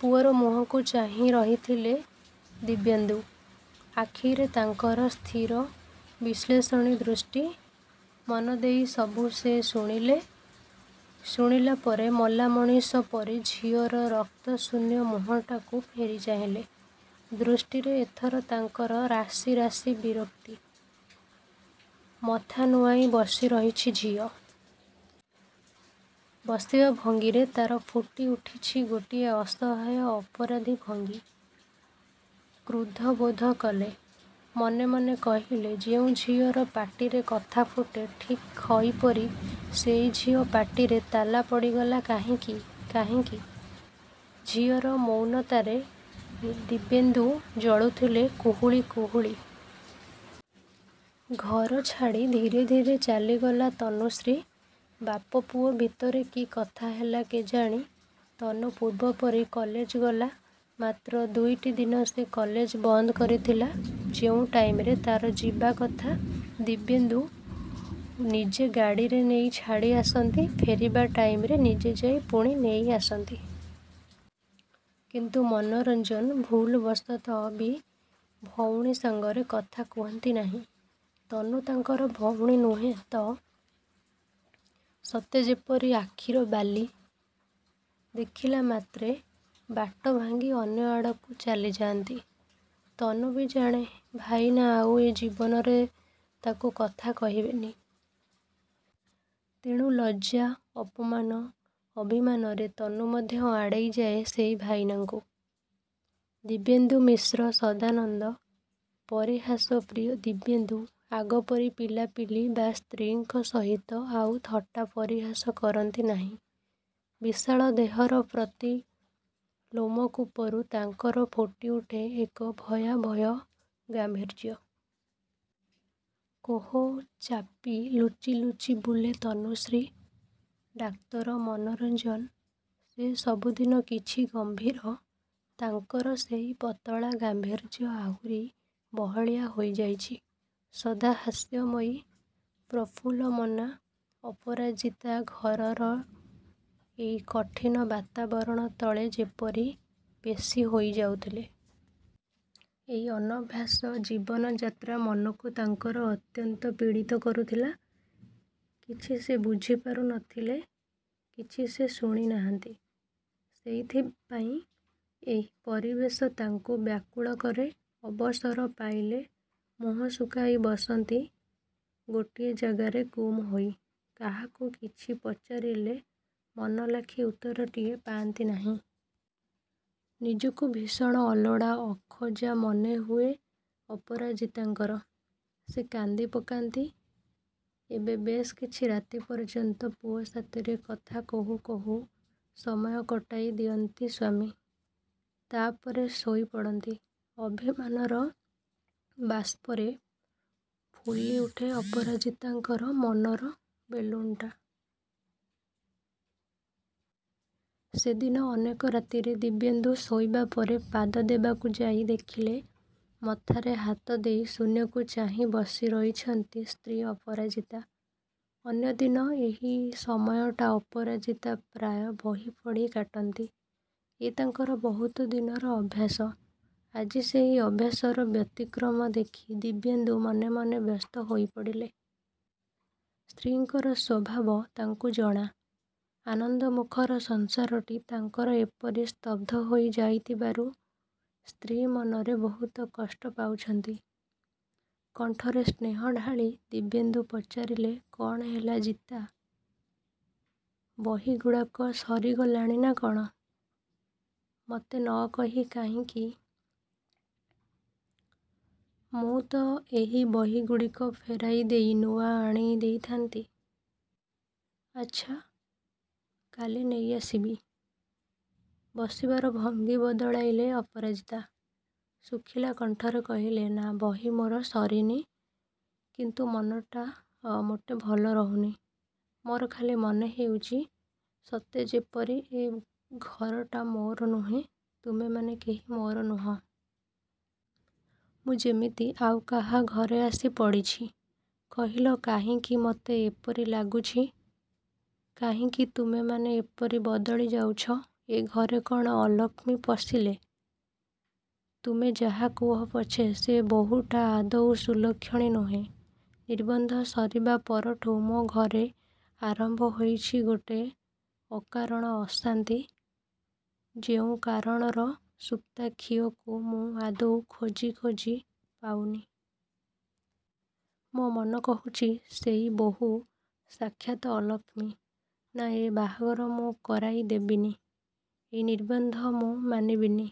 ପୁଅର ମୁହଁକୁ ଚାହିଁ ରହିଥିଲେ ଦିବ୍ୟେନ୍ଦୁ। ଆଖିରେ ତାଙ୍କର ସ୍ଥିର ବିଶ୍ଳେଷଣୀ ଦୃଷ୍ଟି। ମନଦେଇ ସବୁ ସେ ଶୁଣିଲେ। ଶୁଣିଲା ପରେ ମଲା ମଣିଷ ପରି ଝିଅର ରକ୍ତଶୂନ୍ୟ ମୁହଁଟାକୁ ଫେରି ଚାହିଁଲେ। ଦୃଷ୍ଟିରେ ଏଥର ତାଙ୍କର ରାଶି ରାଶି ବିରକ୍ତି। ମଥା ନୁଆଁଇ ବସି ରହିଛି ଝିଅ। ବସିବା ଭଙ୍ଗୀରେ ତା'ର ଫୁଟି ଉଠିଛି ଗୋଟିଏ ଅସହାୟ ଅପରାଧୀ ଭଙ୍ଗୀ। କୃଦ୍ଧ ବୋଧ କଲେ। ମନେ ମନେ କହିଲେ ଯେଉଁ ଝିଅର ପାଟିରେ କଥା ଫୁଟେ ଠିକ୍ ଖଇ ପରି, ସେଇ ଝିଅ ପାଟିରେ ତାଲା ପଡ଼ିଗଲା କାହିଁକି! କାହିଁକି! ଝିଅର ମୌନତାରେ ଦିବ୍ୟେନ୍ଦୁ ଜଳୁଥିଲେ କୁହୁଳି କୁହୁଳି। ଘର ଛାଡ଼ି ଧୀରେ ଧୀରେ ଚାଲିଗଲା ତନୁଶ୍ରୀ। ବାପ ପୁଅ ଭିତରେ କି କଥା ହେଲା କେଜାଣି, ତନୁ ପୂର୍ବପରି କଲେଜ ଗଲା। ମାତ୍ର ଦୁଇଟି ଦିନ ସେ କଲେଜ ବନ୍ଦ କରିଥିଲା। ଯେଉଁ ଟାଇମ୍‌ରେ ତା'ର ଯିବା କଥା ଦିବ୍ୟେନ୍ଦୁ ନିଜେ ଗାଡ଼ିରେ ନେଇ ଛାଡ଼ି ଆସନ୍ତି, ଫେରିବା ଟାଇମ୍‌ରେ ନିଜେ ଯାଇ ପୁଣି ନେଇ ଆସନ୍ତି। କିନ୍ତୁ ମନୋରଞ୍ଜନ, ଭୁଲବଶତଃ ବି ଭଉଣୀ ସାଙ୍ଗରେ କଥା କୁହନ୍ତି ନାହିଁ। ତନୁ ତାଙ୍କର ଭଉଣୀ ନୁହେଁ ତ ସତେଯେପରି ଆଖିର ବାଲି। ଦେଖିଲା ମାତ୍ରେ ବାଟ ଭାଙ୍ଗି ଅନ୍ୟ ଆଡ଼କୁ ଚାଲି ଯାଆନ୍ତି। ତନୁ ବି ଜାଣେ, ଭାଇନା ଆଉ ଏ ଜୀବନରେ ତାକୁ କଥା କହିବେନି। ତେଣୁ ଲଜ୍ଜା, ଅପମାନ, ଅଭିମାନରେ ତନୁ ମଧ୍ୟ ଆଡ଼େଇ ଯାଏ ସେଇ ଭାଇନାଙ୍କୁ। ଦିବ୍ୟେନ୍ଦୁ ମିଶ୍ର ସଦାନନ୍ଦ, ପରିହାସପ୍ରିୟ ଦିବ୍ୟେନ୍ଦୁ ଆଗପରି ପିଲାପିଲି ବା ସ୍ତ୍ରୀଙ୍କ ସହିତ ଆଉ ଥଟ୍ଟା ପରିହାସ କରନ୍ତି ନାହିଁ। ବିଶାଳ ଦେହର ପ୍ରତି ଲୋମକୂପରୁ ତାଙ୍କର ଫୁଟି ଉଠେ ଏକ ଭୟାଭୟ ଗାମ୍ଭୀର୍ଯ୍ୟ। କୋହ ଚାପି ଲୁଚି ଲୁଚି ବୁଲେ ତନୁଶ୍ରୀ। ଡାକ୍ତର ମନୋରଞ୍ଜନ, ସେ ସବୁଦିନ କିଛି ଗମ୍ଭୀର। ତାଙ୍କର ସେଇ ପତଳା ଗାମ୍ଭୀର୍ଯ୍ୟ ଆହୁରି ବହଳିଆ ହୋଇ ଯାଇଛି। ସଦା ହାସ୍ୟମୟୀ, ପ୍ରଫୁଲ୍ଲମନା ଅପରାଜିତା ଘରର ଏଇ କଠିନ ବାତାବରଣ ତଳେ ଯେପରି ପେଷି ହୋଇ ଯାଉଥିଲେ। ଏଇ ଅନଭ୍ୟାସ ଜୀବନଯାତ୍ରା ମନକୁ ତାଙ୍କର ଅତ୍ୟନ୍ତ ପୀଡ଼ିତ କରୁଥିଲା। କିଛି ସେ ବୁଝି ପାରୁ ନଥିଲେ। କିଛି ସେ ଶୁଣି ନାହାଁନ୍ତି। ସେଇଥିପାଇଁ ଏଇ ପରିବେଶ ତାଙ୍କୁ ବ୍ୟାକୁଳ କରେ। ଅବସର ପାଇଲେ ମୁହଁ ଶୁଖାଇ ବସନ୍ତି ଗୋଟିଏ ଜାଗାରେ ଗୁମ୍ ହୋଇ। କାହାକୁ କିଛି ପଚାରିଲେ ମନଲାଖି ଉତ୍ତରଟିଏ ପାଆନ୍ତି ନାହିଁ। ନିଜକୁ ଭୀଷଣ ଅଲୋଡ଼ା, ଅଖୋଜା ମନେ ହୁଏ ଅପରାଜିତାଙ୍କର। ସେ କାନ୍ଦି ପକାନ୍ତି। ଏବେ ବେଶ୍ କିଛି ରାତି ପର୍ଯ୍ୟନ୍ତ ପୁଅ ସାଥିରେ କଥା କହୁ କହୁ ସମୟ କଟାଇ ଦିଅନ୍ତି ସ୍ୱାମୀ। ତା' ପରେ ଶୋଇ ପଡ଼ନ୍ତି। ଅଭିମାନର ବାଷ୍ପରେ ଫୁଲି ଉଠେ ଅପରାଜିତାଙ୍କର ମନର ବେଲୁନ୍‌ଟା। ସେଦିନ ଅନେକ ରାତିରେ ଦିବ୍ୟେନ୍ଦୁ ଶୋଇବା ଘରେ ପାଦ ଦେବାକୁ ଯାଇ ଦେଖିଲେ ମଥାରେ ହାତ ଦେଇ ଶୂନ୍ୟକୁ ଚାହିଁ ବସି ରହିଛନ୍ତି ସ୍ତ୍ରୀ ଅପରାଜିତା। ଅନ୍ୟଦିନ ଏହି ସମୟଟା ଅପରାଜିତା ପ୍ରାୟ ବହି ପଢ଼ି କାଟନ୍ତି। ଏ ତାଙ୍କର ବହୁତ ଦିନର ଅଭ୍ୟାସ। ଆଜି ସେହି ଅଭ୍ୟାସର ବ୍ୟତିକ୍ରମ ଦେଖି ଦିବ୍ୟେନ୍ଦୁ ମନେ ମନେ ବ୍ୟସ୍ତ ହୋଇ ପଡ଼ିଲେ। ସ୍ତ୍ରୀଙ୍କର ସ୍ୱଭାବ ତାଙ୍କୁ ଜଣା। ଆନନ୍ଦମୁଖର ସଂସାରଟି ତାଙ୍କର ଏପରି ସ୍ତବ୍ଧ ହୋଇ ଯାଇଥିବାରୁ ସ୍ତ୍ରୀ ମନରେ ବହୁତ କଷ୍ଟ ପାଉଛନ୍ତି। କଣ୍ଠରେ ସ୍ନେହ ଢାଳି ଦିବ୍ୟେନ୍ଦୁ ପଚାରିଲେ କ'ଣ ହେଲା ଜିତା? ବହିଗୁଡ଼ାକ ସରିଗଲାଣି ନା କ'ଣ? ମତେ ନ କହି କାହିଁକି? ମୁଁ ତ ଏହି ବହିଗୁଡ଼ିକ ଫେରାଇ ଦେଇ ନୂଆ ଆଣି ଦେଇଥାଆନ୍ତି। ଆଚ୍ଛା, କାଲି ନେଇ ଆସିବି। ବସିବାର ଭଙ୍ଗୀ ବଦଳାଇଲେ ଅପରାଜିତା। ଶୁଖିଲା କଣ୍ଠରେ କହିଲେ ନା ବହି ମୋର ସରିନି, କିନ୍ତୁ ମନଟା ମୋଟେ ଭଲ ରହୁନି। ମୋର ଖାଲି ମନେ ହେଉଛି ସତେଯେପରି ଏ ଘରଟା ମୋର ନୁହେଁ, ତୁମେମାନେ କେହି ମୋର ନୁହଁ। ମୁଁ ଯେମିତି ଆଉ କାହା ଘରେ ଆସି ପଡ଼ିଛି। କହିଲ କାହିଁକି ମତେ ଏପରି ଲାଗୁଛି? କାହିଁକି ତୁମେମାନେ ଏପରି ବଦଳି ଯାଉଛ? ଏ ଘରେ କ'ଣ ଅଲକ୍ଷ୍ମୀ ପଶିଲେ? ତୁମେ ଯାହା କୁହ ପଛେ ସେ ବୋହୂଟା ଆଦୌ ସୁଲକ୍ଷଣୀ ନୁହେଁ। ନିର୍ବନ୍ଧ ସରିବା ପରଠୁ ମୋ ଘରେ ଆରମ୍ଭ ହୋଇଛି ଗୋଟେ ଅକାରଣ ଅଶାନ୍ତି ଯେଉଁ କାରଣର ସୂତାଖିଅକୁ ମୁଁ ଆଦୌ ଖୋଜି ଖୋଜି ପାଉନି। ମୋ ମନ କହୁଛି ସେହି ବୋହୂ ସାକ୍ଷାତ ଅଲକ୍ଷ୍ମୀ। ନା ଏ ବାହାଘର ମୁଁ କରାଇ ଦେବିନି। ଏଇ ନିର୍ବନ୍ଧ ମୁଁ ମାନିବିନି।